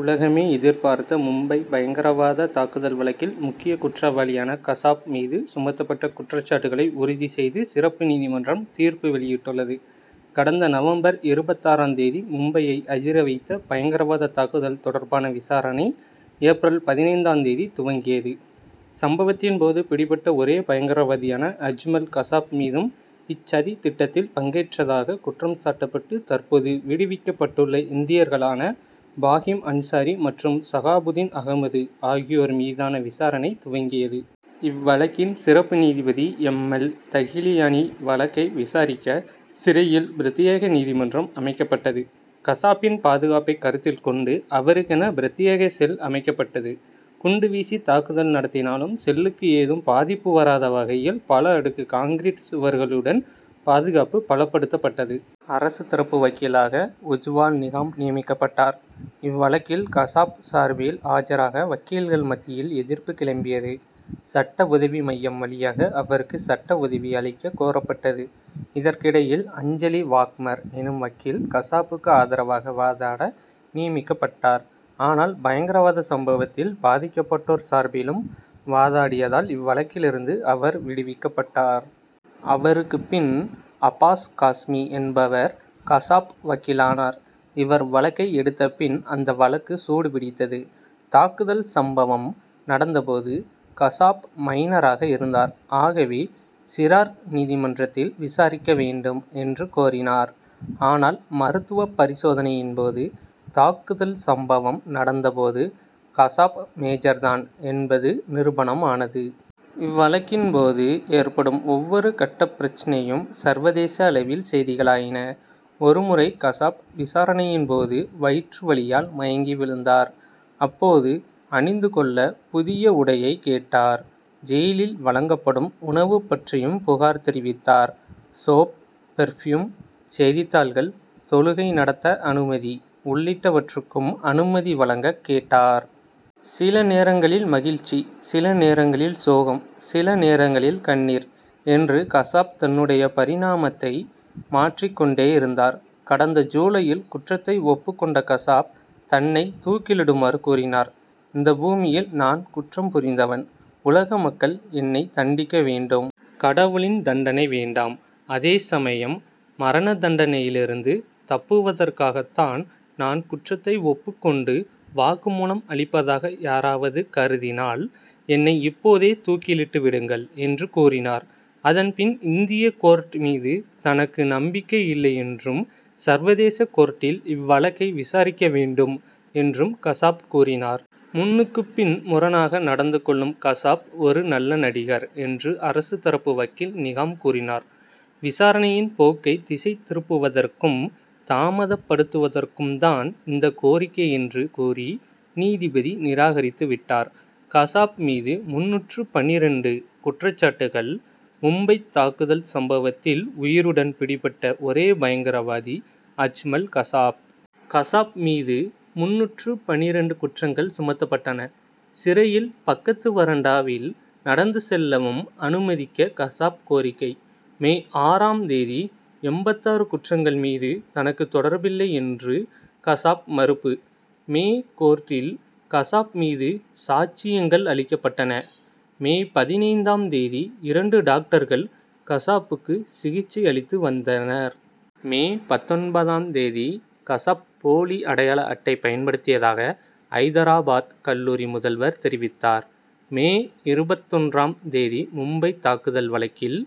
உலகமே எதிர்பார்த்த மும்பை பயங்கரவாத தாக்குதல் வழக்கில் முக்கிய குற்றவாளியான கசாப் மீது சுமத்தப்பட்ட குற்றச்சாட்டுகளை உறுதி செய்து சிறப்பு நீதிமன்றம் தீர்ப்பு வெளியிட்டுள்ளது. கடந்த நவம்பர் இருபத்தாறாம் தேதி மும்பையை அதிரவைத்த பயங்கரவாத தாக்குதல் தொடர்பான விசாரணை ஏப்ரல் பதினைந்தாம் தேதி துவங்கியது. சம்பவத்தின் போது பிடிபட்ட ஒரே பயங்கரவாதியான அஜ்மல் கசாப் மீதும் இச்சதி திட்டத்தில் பங்கேற்றதாக குற்றம்சாட்டப்பட்டு தற்போது விடுவிக்கப்பட்டுள்ள இந்தியர்களான பாகிம் அன்சாரி மற்றும் சகாபுதீன் அகமது ஆகியோர் மீதான விசாரணை துவங்கியது. இவ்வழக்கின் சிறப்பு நீதிபதி எம். எல். தகிலியானி வழக்கை விசாரிக்க சிறையில் பிரத்யேக நீதிமன்றம் அமைக்கப்பட்டது. கசாப்பின் பாதுகாப்பை கருத்தில் கொண்டு அவருக்கென பிரத்யேக செல் அமைக்கப்பட்டது. குண்டுவீசி தாக்குதல் நடத்தினாலும் செல்லுக்கு ஏதும் பாதிப்பு வராத வகையில் பல அடுக்கு கான்கிரீட் சுவர்களுடன் பாதுகாப்பு பலப்படுத்தப்பட்டது. அரசு தரப்பு வக்கீலாக உஜ்வால் நிகாம் நியமிக்கப்பட்டார். இவ்வழக்கில் கசாப் சார்பில் ஆஜராக வக்கீல்கள் மத்தியில் எதிர்ப்பு கிளம்பியது. சட்ட உதவி மையம் வழியாக அவருக்கு சட்ட உதவி அளிக்க கோரப்பட்டது. இதற்கிடையில் அஞ்சலி வாக்மர் எனும் வக்கீல் கசாப்புக்கு ஆதரவாக வாதாட நியமிக்கப்பட்டார். ஆனால் பயங்கரவாத சம்பவத்தில் பாதிக்கப்பட்டோர் சார்பிலும் வாதாடியதால் இவ்வழக்கிலிருந்து அவர் விடுவிக்கப்பட்டார். அவருக்கு பின் அப்பாஸ் காஸ்மி என்பவர் கசாப் வக்கீலானார். இவர் வழக்கை எடுத்த பின் அந்த வழக்கு சூடுபிடித்தது. தாக்குதல் சம்பவம் நடந்த போது கசாப் மைனராக இருந்தார். ஆகவே சிறார் நீதிமன்றத்தில் விசாரிக்க வேண்டும் என்று கோரினார். ஆனால் மருத்துவப் பரிசோதனையின் போது தாக்குதல் சம்பவம் நடந்த போது கசாப் மேஜர் தான் என்பது நிரூபணம் ஆனது. இவ்வழக்கின் போது ஏற்படும் ஒவ்வொரு கட்டப் பிரச்னையும் சர்வதேச அளவில் செய்திகளாயின. ஒரு முறை கசாப் விசாரணையின் போது வயிற்று வலியால் மயங்கி விழுந்தார். அப்போது அணிந்து கொள்ள புதிய உடையை கேட்டார். ஜெயிலில் வழங்கப்படும் உணவு பற்றியும் புகார் தெரிவித்தார். சோப் பெர்பியூம் செய்தித்தாள்கள் தொழுகை நடத்த அனுமதி உள்ளிட்டவற்றுக்கும் அனுமதி வழங்கக் கேட்டார். சில நேரங்களில் மகிழ்ச்சி சில நேரங்களில் சோகம் சில நேரங்களில் கண்ணீர் என்று கசாப் தன்னுடைய பரிணாமத்தை மாற்றிக் கொண்டே இருந்தார். கடந்த ஜூலையில் குற்றத்தை ஒப்புக் கொண்ட கசாப் தன்னை தூக்கிலிடுமாறு கூறினார். இந்த பூமியில் நான் குற்றம் புரிந்தவன். உலக மக்கள் என்னை தண்டிக்க வேண்டும். கடவுளின் தண்டனை வேண்டாம். அதே சமயம் மரண தண்டனையிலிருந்து தப்புவதற்காகத்தான் நான் குற்றத்தை ஒப்புக் கொண்டு வாக்குமூலம் அளிப்பதாக யாராவது கருதினால் என்னை இப்போதே தூக்கிலிட்டுவிடுங்கள் என்று கூறினார். அதன் பின் இந்திய கோர்ட் மீது தனக்கு நம்பிக்கை இல்லை என்றும் சர்வதேச கோர்ட்டில் இவ்வழக்கை விசாரிக்க வேண்டும் என்றும் கசாப் கூறினார். முன்னுக்குப்பின் முரணாக நடந்து கொள்ளும் கசாப் ஒரு நல்ல நடிகர் என்று அரசு தரப்பு வக்கீல் நிகாம் கூறினார். விசாரணையின் போக்கை திசை திருப்புவதற்கும் தாமதப்படுத்துவதற்கும்தான் இந்த கோரிக்கை என்று கூறி நீதிபதி நிராகரித்துவிட்டார். கசாப் மீது முந்நூற்று பன்னிரண்டு குற்றச்சாட்டுகள் மும்பைத் தாக்குதல் சம்பவத்தில் உயிருடன் பிடிபட்ட ஒரே பயங்கரவாதி அஜ்மல் கசாப். கசாப் மீது முந்நூற்று பன்னிரண்டு குற்றங்கள் சுமத்தப்பட்டன. சிறையில் பக்கத்து வராண்டாவில் நடந்து செல்லவும் அனுமதிக்க கசாப் கோரிக்கை. மே ஆறாம் தேதி எண்பத்தாறு குற்றங்கள் மீது தனக்கு தொடர்பில்லை என்று கசாப் மறுப்பு. மே கோர்ட்டில் கசாப் மீது சாட்சியங்கள் அளிக்கப்பட்டன. மே பதினைந்தாம் தேதி இரண்டு டாக்டர்கள் கசாப்புக்கு சிகிச்சை அளித்து வந்தனர். மே பத்தொன்பதாம் தேதி கசாப் போலி அடையாள அட்டை பயன்படுத்தியதாக ஐதராபாத் கல்லூரி முதல்வர் தெரிவித்தார். மே இருபத்தொன்றாம் தேதி மும்பைத் தாக்குதல் வழக்கில்.